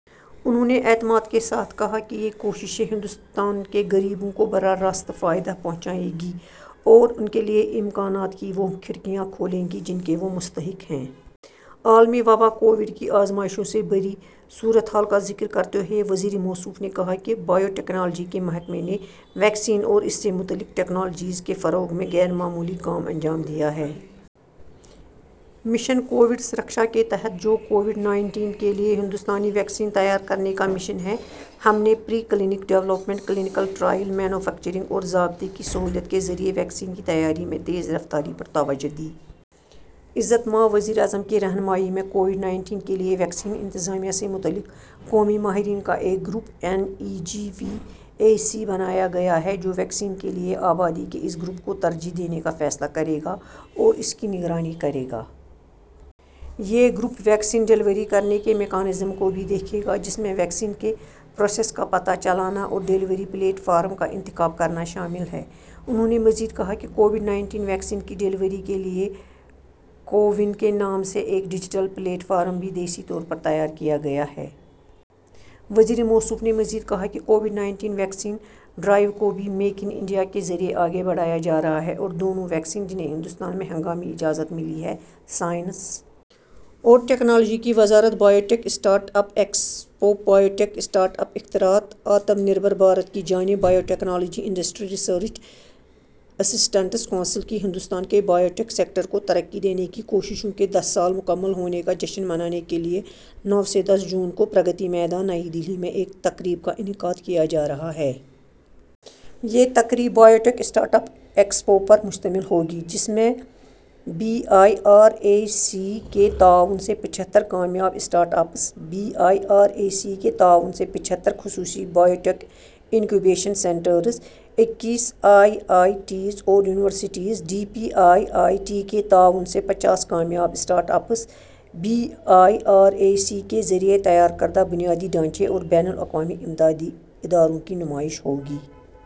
انہوں نے اعتماد کے ساتھ کہا کہ یہ کوششیں ہندوستان کے غریبوں کو براہ راست فائدہ پہنچائیں گی اور ان کے لیے امکانات کی وہ کھڑکیاں کھولیں گی جن کے وہ مستحق ہیں۔ عالمی وبا کووڈ کی آزمائشوں سے بھری صورتحال کا ذکر کرتے ہوئے وزیر موصوف نے کہا کہ بائیو ٹیکنالوجی کے محکمے نے ویکسین اور اس سے متعلق ٹیکنالوجیز کے فروغ میں غیر معمولی کام انجام دیا ہے۔ مشن کووڈ سرکھشا کے تحت، جو کووڈ نائنٹین کے لیے ہندوستانی ویکسین تیار کرنے کا مشن ہے، ہم نے pre clinical development, clinical trial, manufacturing اور ضابطے کی سہولت کے ذریعے ویکسین کی تیاری میں تیز رفتاری پر توجہ دی۔ عزت مآب وزیراعظم کی رہنمائی میں کووڈ نائنٹین کے لیے ویکسین انتظامیہ سے متعلق قومی ماہرین کا ایک group N E G V A C بنایا گیا ہے، جو ویکسین کے لیے آبادی کے اس گروپ کو ترجیح دینے کا فیصلہ کرے گا اور اس کی نگرانی کرے گا۔ یہ گروپ ویکسین ڈیلیوری کرنے کے میکانزم کو بھی دیکھے گا، جس میں ویکسین کے پروسیس کا پتہ چلانا اور ڈیلیوری پلیٹ فارم کا انتخاب کرنا شامل ہے۔ انہوں نے مزید کہا کہ کووڈ نائنٹین ویکسین کی ڈیلیوری کے لیے کو وِن کے نام سے ایک ڈیجیٹل پلیٹ فارم بھی دیسی طور پر تیار کیا گیا ہے۔ وزیر موصوف نے مزید کہا کہ کووڈ نائنٹین ویکسین ڈرائیو کو بھی میک اِن انڈیا کے ذریعے آگے بڑھایا جا رہا ہے اور دونوں ویکسین جنہیں ہندوستان میں ہنگامی اجازت ملی ہے۔ سائنس اور ٹیکنالوجی کی وزارت biotech start up expo biotech start up اختراعات: آتم نربھر بھارت کی جانب biotechnology industry research assistance council کی ہندوستان کے بائیوٹیک سیکٹر کو ترقی دینے کی کوششوں کے دس سال مکمل ہونے کا جشن منانے کے لیے، نو سے دس جون کو پرگتی میدان، نئی دہلی میں ایک تقریب کا انعقاد کیا جا رہا ہے۔ یہ تقریب بائیوٹیک اسٹارٹ اپ ایکسپو پر مشتمل ہوگی، جس میں be I R A C کے تعاون سے پچہتر کامیاب start ups, B I R A C کے تعاون سے پچہتر خصوصی بائیوٹیک انکیوبیشن سینٹرز، اکیس آئی آئی ٹیز اور universities, D P I I T کے تعاون سے پچاس کامیاب start ups, B I R A C کے ذریعے تیار کردہ بنیادی ڈھانچے اور بین الاقوامی امدادی اداروں کی نمائش ہوگی۔